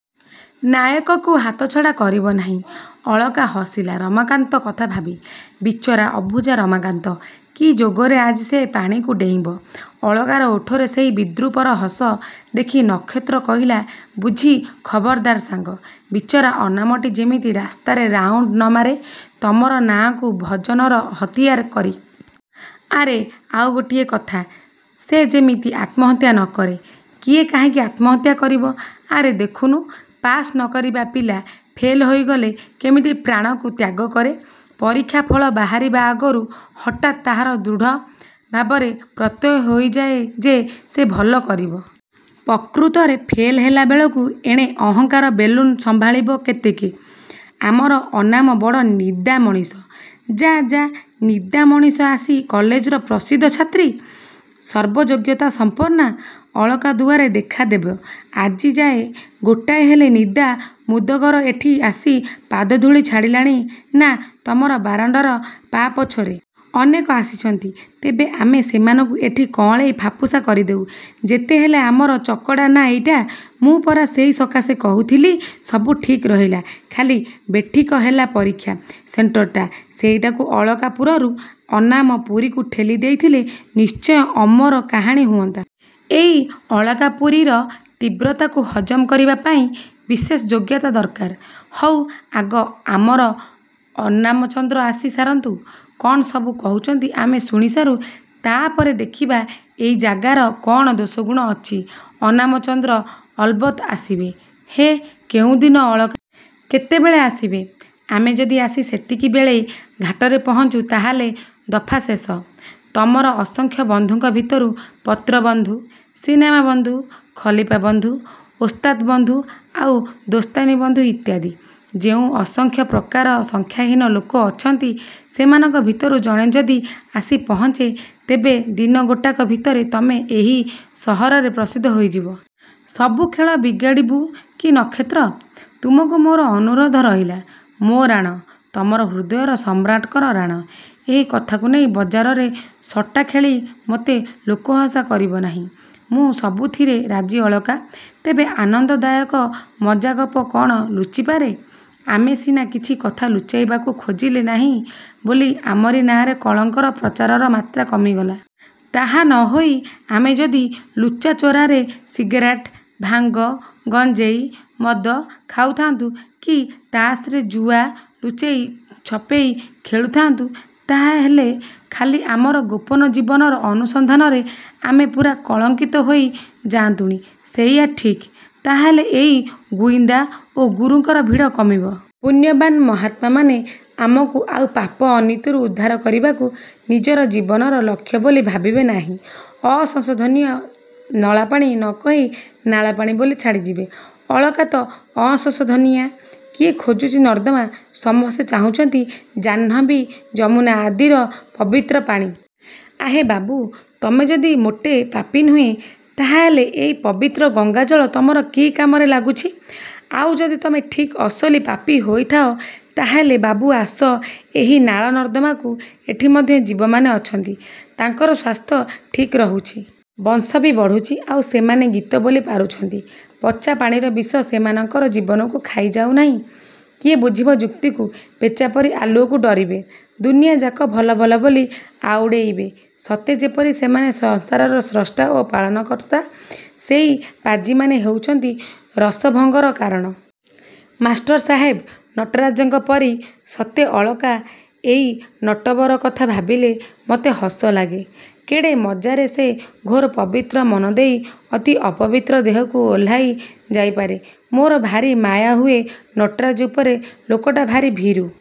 ନାୟକକୁ ହାତଛଡ଼ା କରିବ ନାହିଁ। ଅଳକା ହସିଲା–ରମାକାନ୍ତ କଥା ଭାବି। ବିଚରା ଅବୁଝା ରମାକାନ୍ତ। କି ଯୋଗରେ ଆଜି ସେ ପାଣିକୁ ଡେଇଁବ? ଅଳକାର ଓଠରେ ସେହି ବିଦ୍ରୂପର ହସ ଦେଖି ନକ୍ଷତ୍ର କହିଲା–ବୁଝି ଖବରଦାର ସାଙ୍ଗ-। ବିଚରା ଅନାମଟି ଯେମିତି ରାସ୍ତାରେ ରାଉଣ୍ଡ ନ ମାରେ ତମର ନାଁକୁ ଭଜନର ହତିଆର କରି-।... ଆରେ, ଆଉ ଗୋଟିଏ କଥା–ସେ ଯେମିତି ଆତ୍ମହତ୍ୟା ନ କରେ। –କିଏ କାହିଁକି ଆତ୍ମହତ୍ୟା କରିବ? –ଆରେ ଦେଖୁନୁ ପାସ୍ ନ କରିବା ପିଲା ଫେଲ୍ ହୋଇଗଲେ କେମିତି ପ୍ରାଣକୁ ତ୍ୟାଗକରେ। ପରୀକ୍ଷା ଫଳ ବାହାରିବା ଆଗରୁ ହଠାତ୍ ତାହାର ଦୃଢ଼। ଭାବରେ ପ୍ରତ୍ୟୟ ହୋଇଯାଏ ଯେ, ସେ ଭଲ କରିବ। ପ୍ରକୃତରେ ଫେଲ ହେଲା ବେଳକୁ ଏଣେ ଅହଙ୍କାର ବେଲୁନ ସମ୍ଭାଳିବ କେତେକେ? –ଆମର ଅନାମ ବଡ଼ ନିଦା ମଣିଷ। –ଯା–ଯା। ନିଦା ମଣିଷ ଆସି କଲେଜର ପ୍ରସିଦ୍ଧ ଛାତ୍ରୀ–ସର୍ବଯୋଗ୍ୟତା–ସଂପନ୍ନା ଅଳକା ଦୁଆରେ ଦେଖା ଦେବ? ଆଜିଯାଏ ଗୋଟାଏ ହେଲେ ନିଦା ମୁଦଗର ଏଠି ଆସି ପାଦଧୂଳି ଛାଡ଼ିଲାଣି ନା, ତମର ବାରଣ୍ଡାର ପାପୋଛରେ? –ଅନେକ ଆସିଛନ୍ତି। ତେବେ ଆମେ ସେମାନଙ୍କୁ ଏଠି କଅଁଳେଇ ଫାପୁସା କରିଦେଉ-। ଯେତେହେଲେ ଆମର ଚକଡ଼ା ନା... ଏଇଟା? –ମୁଁ ପରା ସେଇ ସକାଶେ କହୁଥିଲି ସବୁ ଠିକ୍ ରହିଲା। ଖାଲି ବେଠିକ ହେଲା ପରୀକ୍ଷା ସେଣ୍ଟରଟା–ସେଇଟାକୁ ଅଳକା–ପୁରରୁ ଅନାମ–ପୁରୀକୁ ଠେଲି ଦେଇଥିଲେ ନିଶ୍ଚୟ ଅମର କାହାଣୀ ହୁଅନ୍ତା। ଏଇ ଅଳକାପୁରୀର ତୀବ୍ରତାକୁ ହଜମ କରିବା ପାଇଁ ବିଶେଷ ଯୋଗ୍ୟତା ଦରକାର। –ହଉ, ଆଗ ଆମର ଅନାମଚନ୍ଦ୍ର ଆସି ସାରନ୍ତୁ। କ'ଣ ସବୁ କହୁଛନ୍ତି ଆମେ ଶୁଣିସାରୁ-। ତା'ପରେ ଦେଖିବା ଏଇ ଜାଗାର କ'ଣ ଦୋଷଗୁଣ ଅଛି। –ଅନାମଚନ୍ଦ୍ର ଅଲବତ୍ ଆସିବେ।... ହେ କେଉଁଦିନ ଅଳକା? କେତେବେଳେ ଆସିବେ?... ଆମେ ଯଦି ଆସି ସେତିକିବେଳେ ଘାଟରେ ପହଞ୍ଚୁ ତାହାହେଲେ ଦଫା ଶେଷ–ତମର ଅସଂଖ୍ୟ ବନ୍ଧୁଙ୍କ ଭିତରୁ, ପତ୍ର–ବନ୍ଧୁ, ସିନେମା–ବନ୍ଧୁ, ଖଲିପା–ବନ୍ଧୁ, ଓସ୍ତାତ୍–ବନ୍ଧୁ ଆଉ ଦୋସ୍ତାନି–ବନ୍ଧୁ ଇତ୍ୟାଦି ଯେଉଁ ଅସଂଖ୍ୟ ପ୍ରକାରର ସଂଖ୍ୟାହୀନ ଲୋକ ଅଛନ୍ତି ସେମାନଙ୍କ ଭିତରୁ ଜଣେ ଯଦି ଆସି ପହଁଞ୍ଚେ ତେବେ ଦିନ ଗୋଟାକ ଭିତରେ ତମେ ଏହି ସହରରେ ପ୍ରସିଦ୍ଧ ହୋଇଯିବ। –ସବୁ ଖେଳ ବିଗାଡ଼ିବୁ କି ନକ୍ଷତ୍ର? ତୁମକୁ ମୋର ଅନୁରୋଧ ରହିଲା–ମୋ ରାଣ–ତମର ହୃଦୟର ସମ୍ରାଟଙ୍କର ରାଣ–ଏହି କଥାକୁ ନେଇ ବଜାରରେ ସଟାଖେଳି ମତେ ଲୋକହସା କରିବ ନାହିଁ। –ମୁଁ ସବୁଥିରେ ରାଜି ଅଳକା। ତେବେ ଆନନ୍ଦଦାୟକ ମଜ୍ଜାଗପ କ'ଣ ଲୁଚିପାରେ? ଆମେ ସିନା କିଛି କଥା ଲୁଚାଇବାକୁ ଖୋଜିଲେ ନାହିଁ ବୋଲି ଆମରି ନାଁରେ କଳଙ୍କର ପ୍ରଚାରର ମାତ୍ରା କମିଗଲା। ତାହା ନ ହୋଇ ଆମେ ଯଦି ଲୁଚାଚୋରାରେ ସିଗାରେଟ, ଭାଙ୍ଗ, ଗଞ୍ଜେଇ, ମଦ ଖାଉଥାନ୍ତୁ କି ତାସରେ ଜୁଆ ଲୁଚେଇ ଛପେଇ ଖେଳୁଥାନ୍ତୁ, ତାହା ହେଲେ ଖାଲି ଆମର ଗୋପନ ଜୀବନର ଅନୁସନ୍ଧାନରେ ଆମେ ପୂରା କଳଙ୍କିତ ହୋଇ ଯାଆନ୍ତୁଣି। –ସେଇଆ ଠିକ୍। ତାହାହେଲେ ଏଇ ଗୁଇନ୍ଦା ଓ ଗୁରୁଙ୍କର ଭିଡ଼ କମିବ। ପୁଣ୍ୟବାନ ମହାତ୍ମାମାନେ ଆମକୁ ଆଉ ପାପ ଅନୀତିରୁ ଉଦ୍ଧାର କରିବାକୁ ନିଜର ଜୀବନର ଲକ୍ଷ୍ୟ ବୋଲି ଭାବିବେ ନାହିଁ। ଅ–ସଂଶୋଧନୀୟ ନଳାପାଣି ନ କହି ନାଳ ପାଣି ବୋଲି ଛାଡ଼ିଯିବେ। ଅଳକା ତ ଅ–ସଂଶୋଧନୀୟା। –କିଏ ଖୋଜୁଛି ନର୍ଦ୍ଦମା? ସମସ୍ତେ ଚାହୁଁଛନ୍ତି ଜାହ୍ନବୀ ଯମୁନା ଆଦିର ପବିତ୍ର ପାଣି। ଆହେ ବାବୁ, ତମେ ଯଦି ମୋଟେ ପାପୀ ନୁହଁ ତାହାହେଲେ ଏଇ ପବିତ୍ର ଗଙ୍ଗାଜଳ ତମର କି କାମରେ ଲାଗୁଛି? ଆଉ ଯଦି ତମେ ଠିକ୍ ଅସଲି ପାପୀ ହୋଇଥାଅ ତାହାହେଲେ ବାବୁ ଆସ ଏହି ନାଳ ନର୍ଦ୍ଦମାକୁ–ଏଠି ମଧ୍ୟ ଜୀବମାନେ ଅଛନ୍ତି। ତାଙ୍କର ସ୍ୱାସ୍ଥ୍ୟ ଠିକ୍ ରହୁଛି। ବଂଶ ବି ବଢ଼ୁଛି-। ଆଉ ସେମାନେ ଗୀତବୋଲି ପାରୁଛନ୍ତି। ପଚାପାଣିର ବିଷ ସେମାନଙ୍କର ଜୀବନକୁ ଖାଇଯାଉ ନାହିଁ। –କିଏ ବୁଝିବ ଯୁକ୍ତିକୁ? ପେଚାପରି ଆଲୁଅକୁ ଡରିବେ। ଦୁନିଆ ଯାକ ଭଲଭଲ ବୋଲି ଆଉଡ଼େଇବେ। ସତେ ଯେପରି ସେମାନେ ସଂସାରର ସ୍ରଷ୍ଟା ଓ ପାଳନକର୍ତ୍ତା। ସେଇ ପାଜିମାନେ ହେଉଛନ୍ତି ରସଭଙ୍ଗର କାରଣ। –ମାଷ୍ଟର ସାହେବ ନଟରାଜଙ୍କ ପରି। –ସତେ ଅଳକା, ଏଇ ନଟବର କଥା ଭାବିଲେ ମତେ ହସ ଲାଗେ। କେଡ଼େ ମଜ୍ଜାରେ ସେ ଘୋର ପବିତ୍ର ମନଦେଇ ଅତି ଅପବିତ୍ର ଦେହକୁ ଓହ୍ଲାଇ ଯାଇପାରେ। ମୋର ଭାରି ମାୟାହୁଏ ନଟରାଜ ଉପରେ ଲୋକଟା ଭାରି ଭୀରୁ।